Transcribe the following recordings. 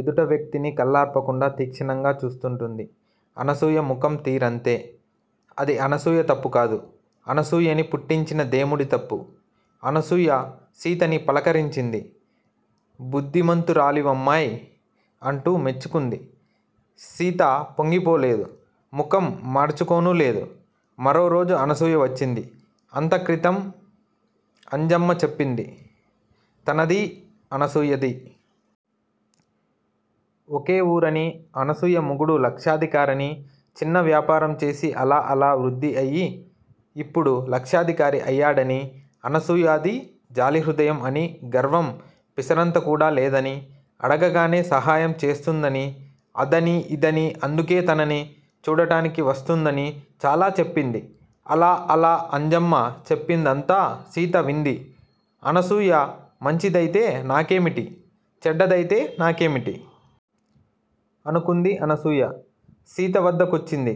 ఎదుట వ్యక్తిని కళ్ళార్పకుండా తీక్షణంగా చూస్తుంటుంది. అనసూయ ముఖం తీరంతే. అది అనసూయ తప్పుకాదు. అనసూయని పుట్టించిన దేముడి తప్పు. అనసూయ, సీతని పలకరించింది. బుద్దిమంతురాలివమ్మాయ్. అంటూ మెచ్చుకుంది. సీత పొంగిపోలేదు. ముఖం మాడ్చుకోనూలేదు. మరోరోజు అనసూయ వచ్చింది. అంతక్రితం అంజమ్మ చెప్పింది. తనదీ అనసూయదీ ఒకేవూరని అనసూయ మొగుడు లక్షాధికారని చిన్నవ్యాపారం చేసి అలా అలా వృద్ది అయి ఇప్పుడు లక్షాధికారి అయ్యాడని అనసూయాది జాలిహృదయం అని గర్వం పిసరంతకూడా లేదని అడగగానే సహాయం చేస్తుందని అదని ఇదని అందుకే తనని చూడటానికి వస్తుందని చాలా చెప్పింది అలా అలా అంజమ్మ చెప్పిందంతా సీత వింది అనసూయ మంచిదయితే నాకేమిటి, చెడ్డదయితే నాకేమిటి? అనుకుంది. అనసూయ, సీతవద్దకొచ్చింది.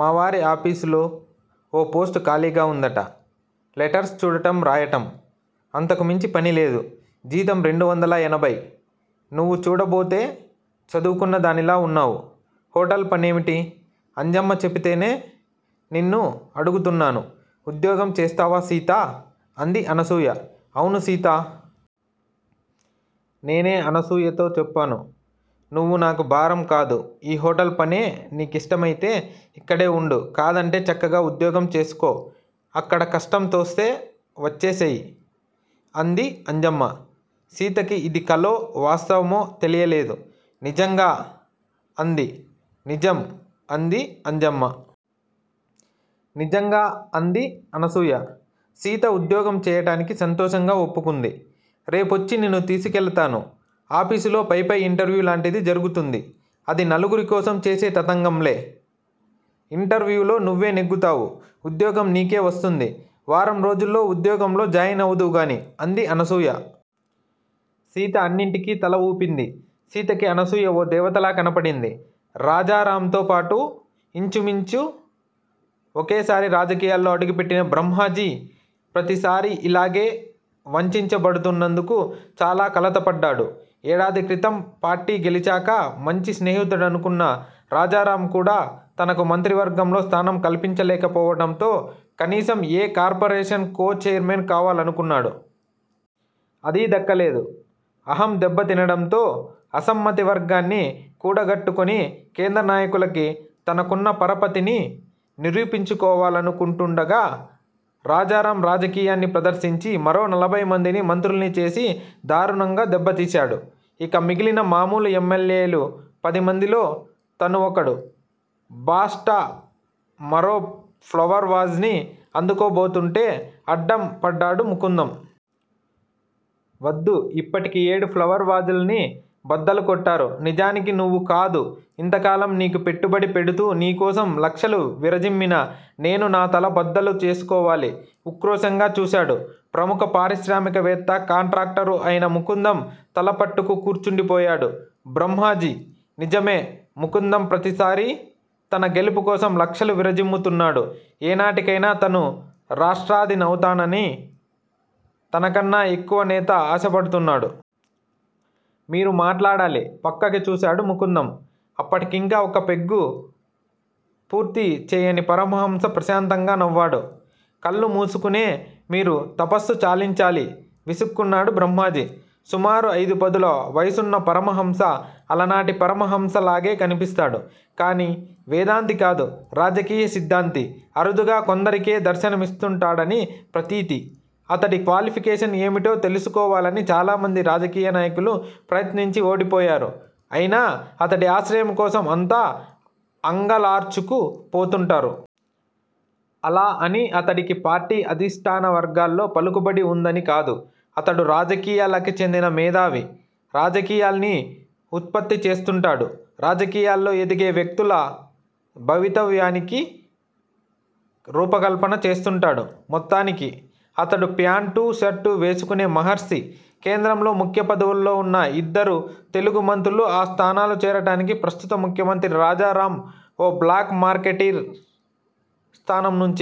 మావారి ఆఫీసులో ఓ పోస్ట్ ఖాళీగా వుందట. లెటర్స్ చూడటం రాయటం. అంతకుమించి పనిలేదు. జీతం రెండువందల ఎనభై, నువ్వు చూడబోతే చదువుకున్నదానిలా వున్నావు, హొటల్ పనేమిటి? అంజమ్మ చెపితేనే నిన్ను అడుగుతున్నాను ఉద్యోగం చేస్తావ సీతా! అంది అనసూయ. 'అవును సీతా! నేనే అనసూయతో చెప్పాను. నువ్వు నాకు భారం కాదు. ఈ హొటల్ పనే నీ కిష్టమయితే ఇక్కడే వుండు. కాదంటే చక్కగా ఉద్యోగం చేసుకో. అక్కడ కష్టంతోస్తే వచ్చేసేయి. అంది అంజమ్మ. సీతకి ఇది కలో, వాస్తవమో తెలియలేదు. నిజంగా? అంది. నిజం. అంది అంజమ్మ. నిజంగా! అంది అనసూయ. సీత ఉద్యోగం చేయటానికి సంతోషంగా ఒప్పుకుంది. రేపొచ్చి నిన్ను తీసుకెళతాను. ఆఫీసులో పైపై ఇంటర్వ్యూ లాంటిది జరుగుతుంది. అది నలుగురికోసం చేసే తతంగంలే, ఇంట ర్వ్యూలో నువ్వే నెగ్గుతావు. ఉద్యోగం నీకే వస్తుంది. వారంరోజుల్లో ఉద్యోగంలో జాయిన్ అవుదువుగాని. అంది అనసూయ. సీత అన్నింటికీ తల వూపింది. సీతకి అనసూయ ఓ దేవతలా కనపడింది. రాజారాంతో పాటు ఇంచుమించు ఒకేసారి రాజకీయాల్లో అడుగు పెట్టిన బ్రహ్మాజీ. ప్రతిసారీ యిలాగే వంచించబడుతున్నందుకు చాలా కలతపడ్డాడు. ఏడాదిక్రితం పార్టీ గెలిచాక మంచి స్నేహితుడనుకున్న రాజారాంకూడా తనకు మంత్రివర్గంలో స్థానం కల్పించలేకపోవటంతో కనీసం ఏ కార్పోరేషన్ కో చైర్మన్ కావాలనుకున్నాడు. అదీ దక్కలేదు. అహం దెబ్బతినడంతో అసమ్మతి వర్గాన్ని కూడగట్టుకొని కేంద్రనాయకులకి తనకున్నపరపతిని నిరూపించుకోవాలనుకుంటుండగా రాజారాం రాజకీయాన్ని ప్రదర్శించి మరో నలభైమందిని మంత్రుల్నిచేసి దారుణంగా దెబ్బతీశాడు. ఇక మిగిలిన మామూలు ఎమ్మెల్యేలు పదిమందిలో తనుఒకడు బా స్ట మరో ఫ్లవర్ వాజ్ ని అందుకోబోతుంటే అడ్డం పడ్డాడు ముకుందం. వద్దు యిప్పటికి ఏడు ఫ్లవర్ వాజ్ ల్ని బద్దలుకొట్టారు నిజానికి నువ్వుకాదు యింతకాలం నీకు పెట్టుబడి పెడుతూ నీకోసం లక్షలు విరజిమ్మిన నేను నా తల బద్దలుచేసుకోవాలి ఉక్రోషంగా చూశాడు ప్రముఖపారిశ్రామికవేత్త కాంట్రాక్టరూ అయిన ముకుందం. తలపట్టుకు కూర్చుండిపోయాడు బ్రహ్మాజీ. నిజమే ముకుందంప్రతిసారీ తన గెలుపుకోసం లక్షలు విరజిమ్ముతున్నాడు ఏనాటికైనా తనురాష్ట్రాధినౌతానని తనకన్నా ఎక్కువనేత ఆశపడుతున్నాడు. మీరు మాట్లాడాలి పక్కకి చూశాడు ముకుందం. అప్పటికింకా ఒక్క పెగ్గూ పూర్తి చేయని పరమహంస ప్రశాంతంగా నవ్వాడు కళ్ళు మూసుకునే. మీరు తపస్సు చాలించాలి విసుక్కున్నాడు బ్రహ్మాజీ. సుమారు అయిదుపదుల వయసున్నపరమహంస అలనాటిపరమ హంసలాగే కనిపిస్తాడు కాని వేదాంతి కాదు రాజకీయ సిద్దాంతి అరుదుగా కొందరికే దర్శనమిస్తుంటాడని ప్రతీతి అతడి క్వాలిఫికేషన్ ఏమిటో తెలుసుకోవాలని చాలామంది రాజకీయనాయకులు ప్రయత్నించిఓడిపోయారు అయినా అతడి ఆశ్రయంకోసం అంతా అంగలార్చుకు పోతుంటారు. అలా అని అతడికి పార్టీ అధిష్టానవర్గాల్లో పలుకుబడి వుందనికాదు అతడు రాజకీయాలకిచెందిన మేథావి రాజకీయాల్ని ఉత్పత్తిచేస్తుంటాడు రాజకీయాల్లో ఎదిగే వ్యక్తుల భవితవ్యానికి రూపకల్పన చేస్తుంటాడు మొత్తానికి. అతడు ఫ్యాంటూ, షర్టూ వేసుకునే మహర్షి కేంద్రంలో ముఖ్య పదవుల్లో వున్న యిద్దరు తెలుగు మంత్రులు ఆ స్థానాలు చేరటానికి, ప్రస్తుత ముఖ్యమంత్రి రాజారాం ఓ బ్లాక్ మార్కెటీర్ స్థానంనుంచి